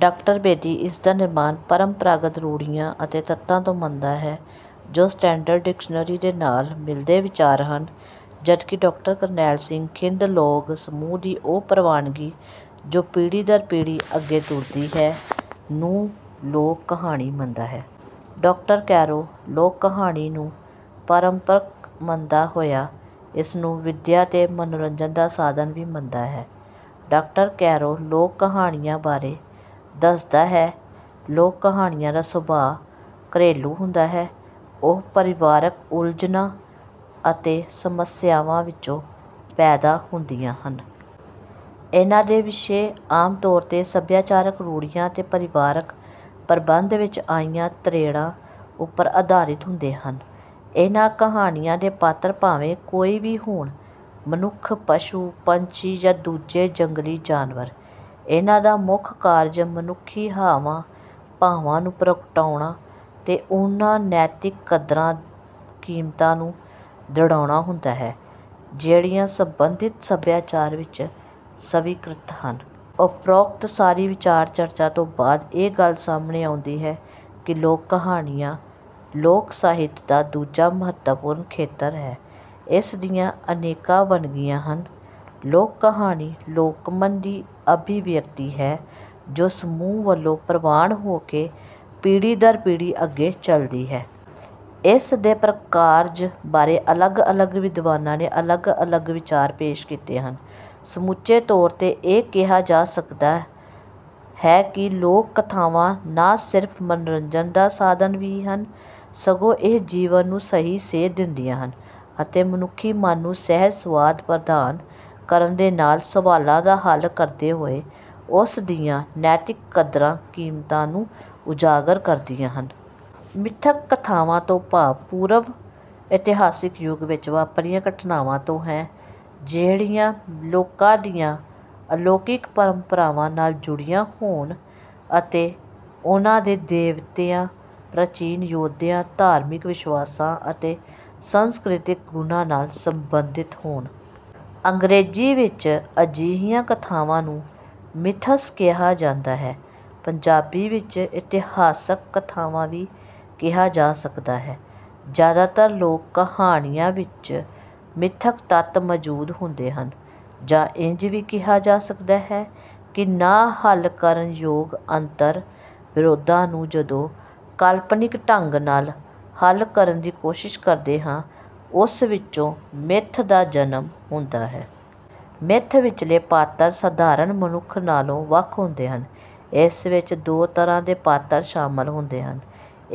Doctor Bedi ਇਸ ਦਾ ਨਿਰਮਾਣ ਪਰੰਪਰਾਗਤ ਰੂੜ੍ਹੀਆਂ ਅਤੇ ਤੱਤਾਂ ਤੋਂ ਮੰਨਦਾ ਹੈ ਜੋ ਸਟੈਂਡਰਡ ਡਿਕਸ਼ਨਰੀ ਦੇ ਨਾਲ ਮਿਲਦੇ ਵਿਚਾਰ ਹਨ ਜਦਕਿ ਡਾਕਟਰ ਕਰਨੈਲ ਸਿੰਘ ਥਿੰਦ ਲੋਕ ਸਮੂਹ ਦੀ ਉਹ ਪ੍ਰਵਾਨਗੀ ਜੋ ਪੀੜ੍ਹੀ ਦਰ ਪੀੜ੍ਹੀ ਅੱਗੇ ਤੁਰਦੀ ਹੈ ਨੂੰ ਲੋਕ ਕਹਾਣੀ ਮੰਨਦਾ ਹੈ। ਡਾਕਟਰ ਕੈਰੋਂ ਲੋਕ ਕਹਾਣੀ ਨੂੰ ਪਰੰਪਰਕ ਮੰਨਦਾ ਹੋਇਆ ਇਸਨੂੰ ਵਿਦਿਆ ਤੇ ਮਨੋਰੰਜਨ ਦਾ ਸਾਧਨ ਵੀ ਮੰਨਦਾ ਹੈ। ਡਾਕਟਰ ਕੈਰੋਂ ਲੋਕ ਕਹਾਣੀਆਂ ਬਾਰੇ ਦੱਸਦਾ ਹੈ ਲੋਕ ਕਹਾਣੀਆਂ ਦਾ ਸੁਭਾਅ ਘਰੇਲੂ ਹੁੰਦਾ ਹੈ ਉਹ ਪਰਿਵਾਰਕ ਉਲਝਣਾਂ ਅਤੇ ਸਮੱਸਿਆਵਾਂ ਵਿੱਚੋਂ ਪੈਦਾ ਹੁੰਦੀਆਂ ਹਨ। ਇਹਨਾਂ ਦੇ ਵਿਸ਼ੇ ਆਮ ਤੌਰ ਤੇ ਸੱਭਿਆਚਾਰਕ ਰੂੜ੍ਹੀਆਂ ਅਤੇ ਪਰਿਵਾਰਕ ਪ੍ਰਬੰਧ ਵਿੱਚ ਆਈਆਂ ਤ੍ਰੇੜਾਂ ਉੱਪਰ ਆਧਾਰਿਤ ਹੁੰਦੇ ਹਨ। ਇਹਨਾਂ ਕਹਾਣੀਆਂ ਦੇ ਪਾਤਰ ਭਾਵੇਂ ਕੋਈ ਵੀ ਹੋਣ ਮਨੁੱਖ ਪਸ਼ੂ ਪੰਛੀ ਜਾਂ ਦੂਜੇ ਜੰਗਲੀ ਜਾਨਵਰ ਇਹਨਾਂ ਦਾ ਮੁੱਖ ਕਾਰਜ ਮਨੁੱਖੀ ਹਾਵਾਂ ਭਾਵਾਂ ਨੂੰ ਪ੍ਰਗਟਾਉਣਾ ਤੇ ਉਹਨਾਂ ਨੈਤਿਕ ਕਦਰਾਂ ਕੀਮਤਾਂ ਨੂੰ ਦ੍ਰਿੜਾਉਣਾ ਹੁੰਦਾ ਹੈ ਜਿਹੜੀਆਂ ਸੰਬੰਧਿਤ ਸੱਭਿਆਚਾਰ ਵਿੱਚ ਸਵੀਕ੍ਰਿਤ ਹਨ। ਉੱਪਰੋਕਤ ਸਾਰੀ ਵਿਚਾਰ ਚਰਚਾ ਤੋਂ ਬਾਅਦ ਇਹ ਗੱਲ ਸਾਹਮਣੇ ਆਉਂਦੀ ਹੈ ਕਿ ਲੋਕ ਕਹਾਣੀਆਂ ਲੋਕ ਸਾਹਿਤ ਦਾ ਦੂਜਾ ਮਹੱਤਵਪੂਰਨ ਖੇਤਰ ਹੈ। ਇਸ ਦੀਆਂ ਅਨੇਕਾਂ ਵੰਨਗੀਆਂ ਹਨ। ਲੋਕ ਕਹਾਣੀ ਲੋਕਮਨ ਦੀ ਅਭਿਵਿਅਕਤੀ ਹੈ ਜੋ ਸਮੂਹ ਵੱਲੋਂ ਪ੍ਰਵਾਨ ਹੋ ਕੇ ਪੀੜ੍ਹੀ ਦਰ ਪੀੜ੍ਹੀ ਅੱਗੇ ਚਲਦੀ ਹੈ। ਇਸ ਦੇ ਪ੍ਰਕਾਰਜ ਬਾਰੇ ਅਲੱਗ ਅਲੱਗ ਵਿਦਵਾਨਾਂ ਨੇ ਅਲੱਗ ਅਲੱਗ ਵਿਚਾਰ ਪੇਸ਼ ਕੀਤੇ ਹਨ। ਸਮੁੱਚੇ ਤੌਰ ਤੇ ਇਹ ਕਿਹਾ ਜਾ ਸਕਦਾ ਹੈ ਕਿ ਲੋਕ ਕਥਾਵਾਂ ਨਾ ਸਿਰਫ਼ ਮਨੋਰੰਜਨ ਦਾ ਸਾਧਨ ਹੀ ਹਨ ਸਗੋਂ ਇਹ ਜੀਵਨ ਨੂੰ ਸਹੀ ਸੇਧ ਦਿੰਦੀਆਂ ਹਨ ਅਤੇ ਮਨੁੱਖੀ ਮਨ ਨੂੰ ਸਹਿਜ ਸੁਆਦ ਪ੍ਰਦਾਨ ਕਰਨ ਦੇ ਨਾਲ ਸਵਾਲਾਂ ਦਾ ਹੱਲ ਕਰਦੇ ਹੋਏ ਉਸ ਦੀਆਂ ਨੈਤਿਕ ਕਦਰਾਂ ਕੀਮਤਾਂ ਨੂੰ ਉਜਾਗਰ ਕਰਦੀਆਂ ਹਨ। ਮਿੱਥਕ ਕਥਾਵਾਂ ਤੋਂ ਭਾਵ ਪੂਰਵ ਇਤਿਹਾਸਿਕ ਯੁੱਗ ਵਿੱਚ ਵਾਪਰੀਆਂ ਘਟਨਾਵਾਂ ਤੋਂ ਹੈ ਜਿਹੜੀਆਂ ਲੋਕਾਂ ਦੀਆਂ ਅਲੌਕਿਕ ਪਰੰਪਰਾਵਾਂ ਨਾਲ ਜੁੜੀਆਂ ਹੋਣ ਅਤੇ ਉਹਨਾਂ ਦੇ ਦੇਵਤਿਆਂ ਪ੍ਰਾਚੀਨ ਯੋਧਿਆਂ ਧਾਰਮਿਕ ਵਿਸ਼ਵਾਸਾਂ ਅਤੇ ਸੰਸਕ੍ਰਿਤਕ ਗੁਣਾਂ ਨਾਲ ਸਬੰਧਿਤ ਹੋਣ। ਅੰਗਰੇਜ਼ੀ ਵਿੱਚ ਅਜਿਹੀਆਂ ਕਥਾਵਾਂ ਨੂੰ ਮਿਥਸ ਕਿਹਾ ਜਾਂਦਾ ਹੈ। ਪੰਜਾਬੀ ਵਿੱਚ ਮਿਥਿਹਾਸਕ ਕਥਾਵਾਂ ਵੀ ਕਿਹਾ ਜਾ ਸਕਦਾ ਹੈ। ਜ਼ਿਆਦਾਤਰ ਲੋਕ ਕਹਾਣੀਆਂ ਵਿੱਚ ਮਿੱਥਕ ਤੱਤ ਮੌਜੂਦ ਹੁੰਦੇ ਹਨ ਜਾਂ ਇੰਝ ਵੀ ਕਿਹਾ ਜਾ ਸਕਦਾ ਹੈ ਕਿ ਨਾ ਹੱਲ ਕਰਨ ਯੋਗ ਅੰਤਰ ਵਿਰੋਧਾਂ ਨੂੰ ਜਦੋਂ ਕਾਲਪਨਿਕ ਢੰਗ ਨਾਲ ਹੱਲ ਕਰਨ ਦੀ ਕੋਸ਼ਿਸ਼ ਕਰਦੇ ਹਾਂ ਉਸ ਵਿੱਚੋਂ ਮਿੱਥ ਦਾ ਜਨਮ ਹੁੰਦਾ ਹੈ। ਮਿੱਥ ਵਿੱਚਲੇ ਪਾਤਰ ਸਧਾਰਨ ਮਨੁੱਖ ਨਾਲੋਂ ਵੱਖ ਹੁੰਦੇ ਹਨ। ਇਸ ਵਿੱਚ ਦੋ ਤਰ੍ਹਾਂ ਦੇ ਪਾਤਰ ਸ਼ਾਮਿਲ ਹੁੰਦੇ ਹਨ।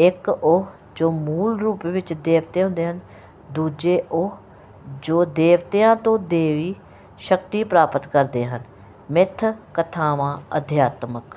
ਇੱਕ ਉਹ ਜੋ ਮੂਲ ਰੂਪ ਵਿੱਚ ਦੇਵਤੇ ਹੁੰਦੇ ਹਨ। ਦੂਜੇ ਉਹ ਜੋ ਦੇਵਤਿਆਂ ਤੋਂ ਦੇਵੀ ਸ਼ਕਤੀ ਪ੍ਰਾਪਤ ਕਰਦੇ ਹਨ। ਮਿੱਥ ਕਥਾਵਾਂ ਅਧਿਆਤਮਕ